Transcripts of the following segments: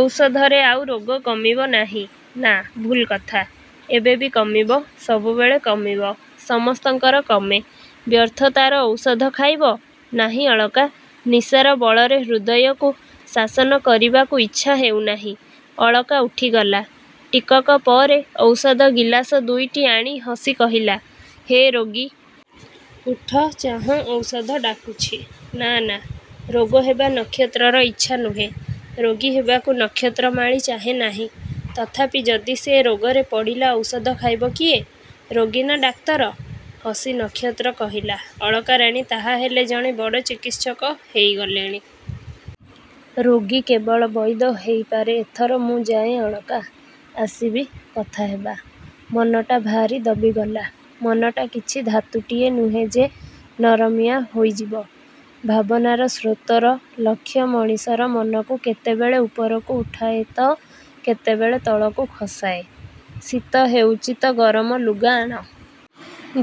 -ଔଷଧରେ ଆଉ ରୋଗ କମିବ ନାହିଁ। -ନା। ଭୁଲ କଥା। ଏବେ ବି କମିବ-ସବୁବେଳେ କମିବ। ସମସ୍ତଙ୍କର କମେ। ବ୍ୟର୍ଥତାର ଔଷଧ ଖାଇବ? -ନାହିଁ, ଅଳକା। ନିଶାର ବଳରେ ହୃଦୟକୁ ଶାସନ କରିବାକୁ ଇଛା ହେଉ ନାହିଁ। ଅଳକା ଉଠିଗଲା। ଟିକକ ପରେ ଔଷଧ ଗିଲାସ ଦୁଇଟି ଆଣି ହସି କହିଲା-ହେ, ରୋଗୀ। ଉଠ-ଚାହଁ-ଔଷଧ ଡାକୁଛି। -ନା-ନା। -ରୋଗ ହେବା ନକ୍ଷତ୍ରର ଇଛା ନୁହେଁ। ରୋଗୀ ହେବାକୁ ନକ୍ଷତ୍ରମାଳୀ ଚାହେଁ ନାହିଁ। ତଥାପି ଯଦି ସେ ରୋଗରେ ପଡ଼ିଲା ଔଷଧ ଖାଇବ କିଏ? ରୋଗୀ ନା ଡାକ୍ତର? ହସି ନକ୍ଷତ୍ର କହିଲା-ଅଳକା ରାଣୀ ତାହାହେଲେ ଜଣେ ବଡ଼ ଚିକିତ୍ସକ ହେଇଗଲେଣି। ରୋଗୀ କେବଳ ବଇଦ ହେଇପାରେ ଏଥର ମୁଁ ଯାଏଁ ଅଳକା, ଆସିବି-କଥା ହେବା। ମନଟା ଭାରି ଦବିଗଲା। -ମନଟା କିଛି ଧାତୁଟିଏ ନୁହେଁ ଯେ ନରମିଆ ହୋଇଯିବ। ଭାବନାର ସ୍ରୋତର ଲକ୍ଷ୍ୟ ମଣିଷର ମନକୁ କେତେବେଳେ ଉପରକୁ ଉଠାଏ ତ କେତେବେଳେ ତଳକୁ ଖସାଏ। ଶୀତ ହେଉଛି ତ ଗରମ ଲୁଗା ଆଣ।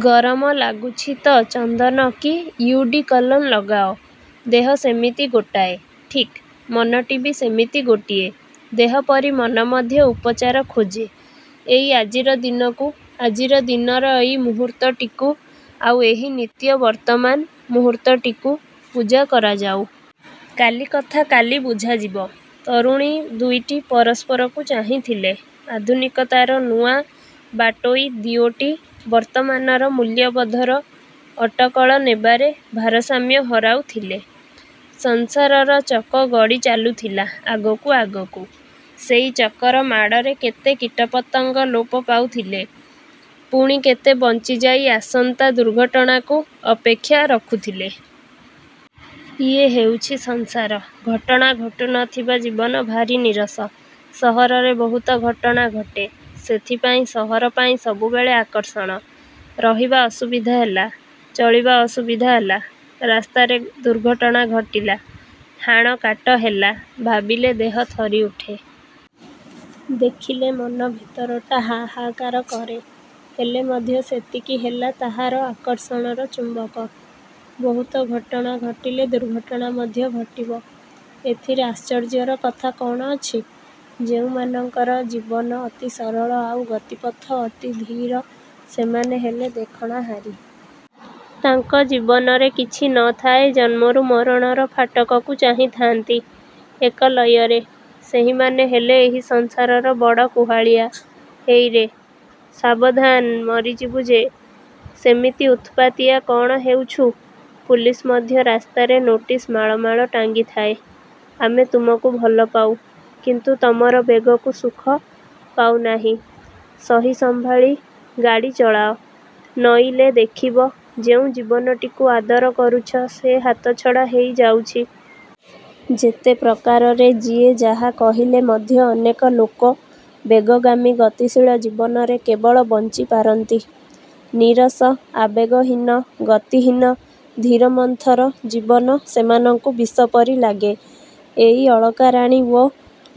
ଗରମ ଲାଗୁଛି ତ ଚନ୍ଦନ କି ଇଉଡିକଲନ୍ ଲଗାଅ। ଦେହ ସେମିତି ଗୋଟାଏ। -ଠିକ୍। ମନଟି ବି ସେମିତି ଗୋଟିଏ। ଦେହ ପରି ମନ ମଧ୍ୟ ଉପଚାର ଖୋଜେ। -ଏଇ ଆଜିର ଦିନକୁ-ଆଜିର ଦିନର ଏଇ ମୁହୂର୍ତ୍ତଟିକୁ-ଆଉ ଏହି ନିତ୍ୟ ବର୍ତ୍ତମାନ ମୁହୂର୍ତ୍ତଟିକୁ ପୂଜା କରାଯାଉ। କାଲି କଥା କାଲି ବୁଝାଯିବ। ତରୁଣୀ ଦୁଇଟି ପରସ୍ପରକୁ ଚାହିଁଥିଲେ। ଆଧୁନିକତାର ନୂଆ ବାଟୋଇ ଦିଓଟି ବର୍ତ୍ତମାନର ମୂଲ୍ୟବୋଧର ଅଟକଳ ନେବାରେ ଭାରସାମ୍ୟ ହରାଉଥିଲେ। ସଂସାରର ଚକ ଗଡ଼ି ଚାଲୁଥିଲା-ଆଗକୁ-ଆଗକୁ। ସେଇ ଚକର ମାଡ଼ରେ କେତେ କୀଟପତଙ୍ଗ ଲୋପ ପାଉଥିଲେ। ପୁଣି କେତେ ବଞ୍ଚିଯାଇ ଆସନ୍ତା ଦୁର୍ଘଟଣାକୁ ଅପେକ୍ଷା ରଖୁଥିଲେ। ଇଏ ହେଉଛି ସଂସାର। ଘଟଣା ଘଟୁ ନ ଥିବା ଜୀବନ ଭାରି ନୀରସ। ସହରରେ ବହୁତ ଘଟଣା ଘଟେ-ସେଥିପାଇଁ ସହର ପାଇଁ ସବୁବେଳେ ଆକର୍ଷଣ। ରହିବା ଅସୁବିଧା ହେଲା। ଚଳିବା ଅସୁବିଧା ହେଲା। ରାସ୍ତାରେ ଦୁର୍ଘଟଣା ଘଟିଲା। ହାଣ କାଟ ହେଲା-ଭାବିଲେ ଦେହ ଥରି ଉଠେ। ଦେଖିଲେ ମନ ଭିତରଟା ହାହାକାର କରେ। ହେଲେ ମଧ୍ୟ ସେତିକି ହେଲା ତାହାର ଆକର୍ଷଣର ଚୁମ୍ବକ। ବହୁତ ଘଟଣା ଘଟିଲେ ଦୁର୍ଘଟଣା ମଧ୍ୟ ଘଟିବ। ଏଥିରେ ଆଶ୍ଚର୍ଯ୍ୟର କଥା କ'ଣ ଅଛି-? ଯେଉଁମାନଙ୍କର ଜୀବନ ଅତି ସରଳ ଆଉ ଗତିପଥ ଅତି ଧୀର-ସେମାନେ ହେଲେ ଦେଖଣାହାରୀ। ତାଙ୍କ ଜୀବନରେ କିଛି ନ ଥାଏ ଜନ୍ମରୁ ମରଣର ଫାଟକକୁ ଚାହିଁଥାନ୍ତି-ଏକ ଲୟରେ। ସେହିମାନେ ହେଲେ ଏହି ସଂସାରର ବଡ଼ କୁହାଳିଆ। -ହେଇରେ। ସାବଧାନ ମରିଯିବୁ ଯେ। ସେମିତି ଉତ୍ପାତିଆ କ'ଣ ହେଉଛୁ? ପୁଲିସ୍ ମଧ୍ୟ ରାସ୍ତାରେ ନୋଟିସ ମାଳ ମାଳ ଟାଙ୍ଗିଥାଏ-ଆମେ ତୁମକୁ ଭଲପାଉ; କିନ୍ତୁ ତମର ବେଗକୁ ସୁଖ ପାଉନାହିଁ-ସହି ସମ୍ଭାଳି ଗାଡ଼ି ଚଳାଅ-ନଇଲେ ଦେଖିବ ଯେଉଁ ଜୀବନଟିକୁ ଆଦର କରୁଛ ସେ ହାତଛଡ଼ା ହେଇ ଯାଉଛି। ଯେତେ ପ୍ରକାରରେ ଯିଏ ଯାହା କହିଲେ ମଧ୍ୟ ଅନେକ ଲୋକ ବେଗଗାମୀ ଗତିଶୀଳ ଜୀବନରେ କେବଳ ବଞ୍ଚି ପାରନ୍ତି। ନିରସ, ଆବେଗହୀନ, ଗତିହୀନ, ଧୀରମନ୍ଥର ଜୀବନ ସେମାନଙ୍କୁ ବିଷପରି ଲାଗେ। ଏଇ ଅଳକାରାଣୀ ଓ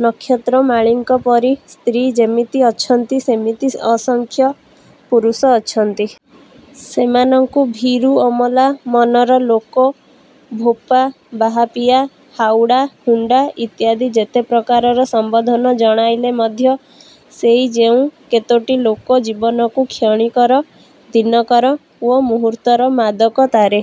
ନକ୍ଷତ୍ରମାଳୀଙ୍କପରି ସ୍ତ୍ରୀ ଯେମିତି ଅଛନ୍ତି ସେମିତି ଅସଂଖ୍ୟ ପୁରୁଷ ଅଛନ୍ତି। ସେମାନଙ୍କୁ ଭୀରୁ ଅମଲା ମନର ଲୋକ ଭୋପା, ବାହାପିଆ, ହାଉଡ଼ା, ହୁଣ୍ଡା ଇତ୍ୟାଦି ଯେତେ ପ୍ରକାରର ସମ୍ବୋଧନ ଜଣାଇଲେ ମଧ୍ୟ ସେଇ ଯେଉଁ କେତୋଟି ଲୋକ ଜୀବନକୁ କ୍ଷଣିକର-ଦିନକର-ଓ ମୁହୂର୍ତ୍ତର ମାଦକତାରେ